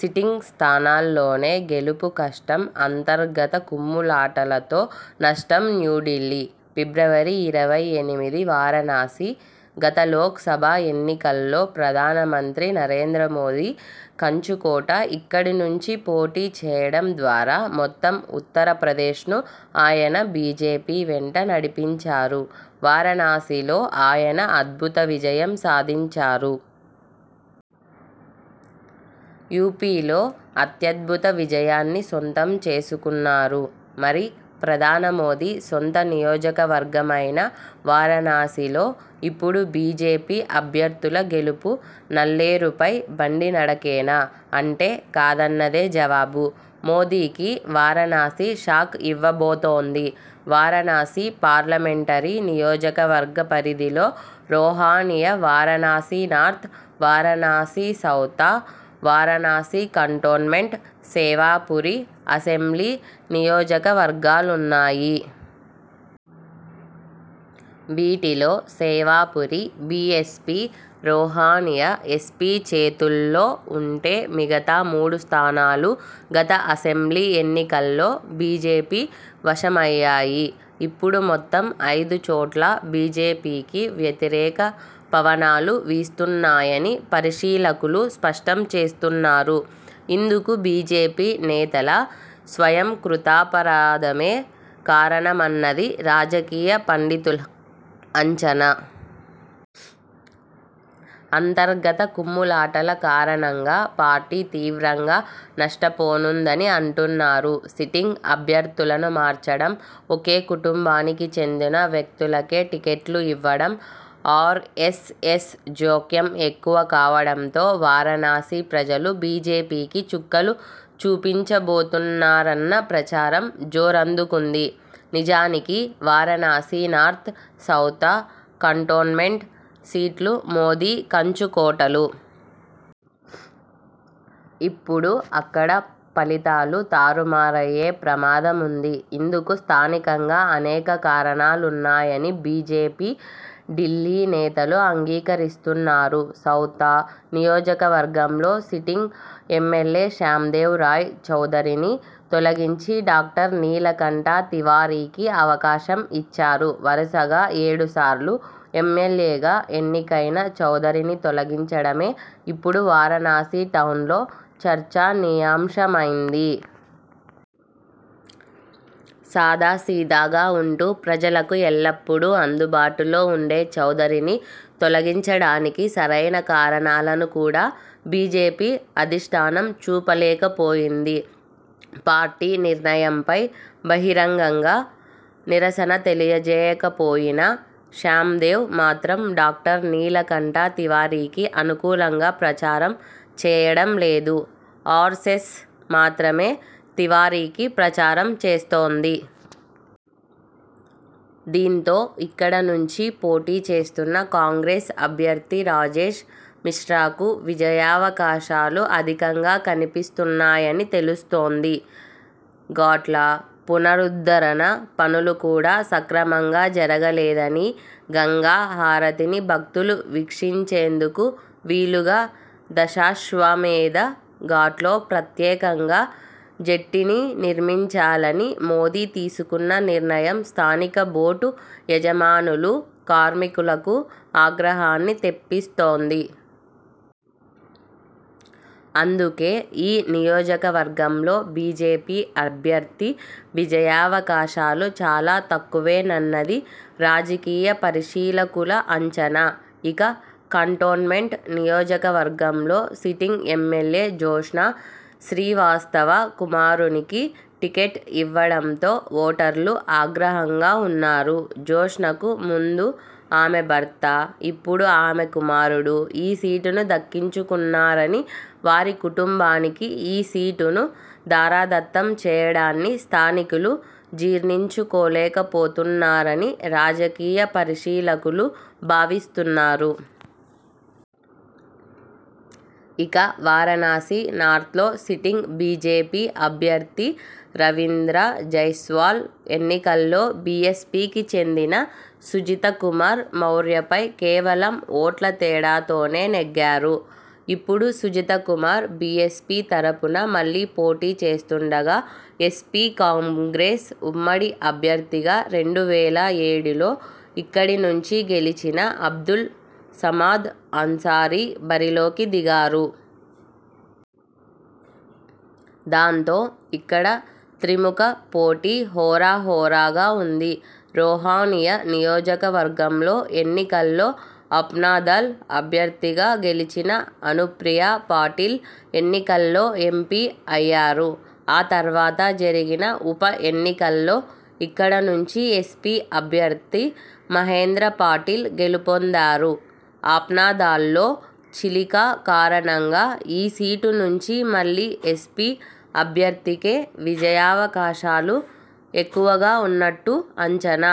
Sitting స్థానాల్లోనే గెలుపు కష్టం అంతర్గత కుమ్ములాటలతో నష్టం న్యూఢిల్లీ, ఫిబ్రవరి ఇరవై ఎనిమిది వారణాసి! గత లోక్ సభ ఎన్నికల్లో ప్రధాన మంత్రి నరేంద్ర మోదీ కంచుకోట ఇక్కడి నుంచి పోటీ చేయడం ద్వారా మొత్తం ఉత్తరప్రదేశ్ను ఆయన బీజేపీ వెంట నడిపించారు! వారణాసిలో ఆయన అద్భుత విజయం సాధించారు. యూపీలో అత్యద్భుత విజయాన్ని సొంతం చేసుకున్నారు! మరి, ప్రధాని మోదీ సొంత నియోజకవర్గమైన వారణాసిలో ఇప్పుడు బీజేపీ అభ్యర్థుల గెలుపు నల్లేరుపై బండి నడకేనా? అంటే కాదన్నదే జవాబు! మోదీకి వారణాసి షాక్ ఇవ్వబోతోంది. వారణాసి పార్లమెంటరీ నియోజకవర్గ పరిధిలో Rohaniya, Varanasi north, Varanasi south, Varanasi cantonment, Sevapuri assembly నియోజకవర్గాలున్నాయి. వీటిలో సేవాపురి బీఎస్పీ, రొహానియా ఎస్పీ చేతు ల్లో ఉంటే, మిగతా మూడు స్థానాలు గత అసెంబ్లీ ఎన్నికల్లో బీజేపీ వశమయ్యాయి. ఇప్పుడు మొత్తం ఐదుచోట్లా బీజేపీకి వ్యతిరేక పవనాలు వీస్తున్నాయని పరిశీలకులు స్పష్టం చేస్తున్నారు. ఇందుకు బీజేపీ నేతల స్వయంకృతాపరాధమే కారణమన్నది రాజకీయ పండితుల అంచనా. అంతర్గత కుమ్ములాటల కారణంగా పార్టీ తీవ్రంగా నష్టపోనుందని అంటున్నారు. సిటింగ్ అభ్యర్థులను మార్చడం, ఒకే కుటుంబానికి చెందిన వ్యక్తులకే టికెట్లు ఇవ్వడం, ఆర్ఎ్సఎస్ జోక్యం ఎక్కువ కావడంతో వారణాసి ప్రజలు బీజేపీకి చుక్కలు చూపించబోతున్నారన్న ప్రచారం జోరందుకుంది. నిజానికి, వారణాసి నార్త్, సౌత, కంటోన్మెంట్ సీట్లు మోదీ కంచుకోటలు. ఇప్పుడు అక్కడా ఫలితాలు తారుమారయ్యే ప్రమాదముంది. ఇందుకు స్థానికంగా అనేక కారణాలున్నాయని బీజేపీ ఢిల్లీ నేతలూ అంగీకరిస్తున్నారు. సౌత నియోజకవర్గంలో సిటింగ్ ఎమ్మెల్యే శ్యాందేవ్ రాయ్ చౌధరిని తొలగించి డాక్టర్ నీలకంఠ తివారీకి అవకాశం ఇచ్చారు. వరుసగా ఏడుసార్లు ఎమ్మెల్యేగా ఎన్నికైన చౌధరిని తొలగించడమే ఇప్పుడు వారణాసి టౌన్లో చర్చనీయాంశమైంది. సాదాసీదాగా ఉంటూ ప్రజలకు ఎల్లప్పుడూ అందుబాటులో ఉండే చౌధరిని తొలగించడానికి సరైన కారణాలను కూడా బీజేపీ అధిష్ఠానం చూపలేకపోయింది. పార్టీ నిర్ణయంపై బహిరంగంగా నిరసన తెలియజేయకపోయినా.. శ్యాందేవ్ మాత్రం డాక్టర్ నీలకంఠ తివారీకి అనుకూలంగా ప్రచారం చేయడం లేదు. ఆరెస్సెస్ మాత్రమే తివారీకి ప్రచారం చేస్తోంది. దీంతో, ఇక్కడ నుంచి పోటీ చేస్తున్న కాంగ్రెస్ అభ్యర్థి రాజేశ్ మిశ్రాకు విజయావకాశాలు అధికంగా కనిపిస్తున్నాయని తెలుస్తోంది. ఘాట్ల పునరుద్ధరణ పనులు కూడా సక్రమంగా జరగలేదని, గంగా హారతిని భక్తులు వీక్షించేందుకు వీలుగా దశాశ్వమేధ ఘాట్లో ప్రత్యేకంగా జెట్టీనినిర్మించాలని మోదీ తీసుకున్న నిర్ణయం స్థానిక బోటు యజమానులు, కార్మికులకు ఆగ్రహాన్ని తెప్పిస్తోంది. అందుకే ఈ నియోజకవర్గంలో బీజేపీ అభ్యర్థి విజయావకాశాలు చాలా తక్కువేనన్నది రాజకీయ పరిశీలకుల అంచనా. ఇక, కంటోన్మెంట్ నియోజకవర్గంలో సిటింగ్ ఎమ్మెల్యే జ్యోత్స్న శ్రీవాత్సవ కుమారునికి టికెట్ ఇవ్వడంతో ఓటర్లు ఆగ్రహంగా ఉన్నారు. జ్యోత్స్నకు ముందు ఆమె భర్త, ఇప్పుడు ఆమె కుమారుడు ఈ సీటును దక్కించుకున్నారని, వారి కుటుంబానికి ఈ సీటును ధారాదత్తం చేయడాన్ని స్థానికులు జీర్ణించుకోలేకపోతున్నారని రాజకీయ పరిశీలకులు భావిస్తున్నారు. ఇక, వారణాసి నార్త్లో సిటింగ్ బీజేపీ అభ్యర్థి రవీంద్ర జైస్వాల్ ఎన్నికల్లో బీఎస్పీకి చెందిన సుజిత కుమార్ మౌర్యపై కేవలం ఓట్ల తేడాతోనే నెగ్గారు. ఇప్పుడు సుజిత కుమార్ బీఎస్పీ తరపున మళ్లీ పోటీ చేస్తుండగా, ఎస్పీ-కాంగ్రెస్ ఉమ్మడి అభ్యర్థిగా రెండు వేల ఏడులో ఇక్కడి నుంచి గెలిచిన అబ్దుల్ సమాద్ అన్సారీ బరిలోకి దిగారు. దాంతో, ఇక్కడ త్రిముఖ పోటీ హోరాహోరాగా ఉంది. రొహానియా నియోజకవర్గంలో ఎన్నికల్లో అప్నాదళ్ అభ్యర్థిగా గెలిచిన అనుప్రియా పాటిల్ ఎన్నికల్లో ఎంపీ అయ్యారు. ఆ తర్వాత జరిగిన ఉప ఎన్నికల్లో ఇక్కడ నుంచి ఎస్పీ అభ్యర్థి మహేంద్ర పాటిల్ గెలుపొందారు. అప్నాదళ్లో చీలిక కారణంగా ఈ సీటు నుంచి మళ్లీ ఎస్పీ అభ్యర్థికే విజయావకాశాలు ఎక్కువగా ఉన్నట్లు అంచనా. అప్నాదళ్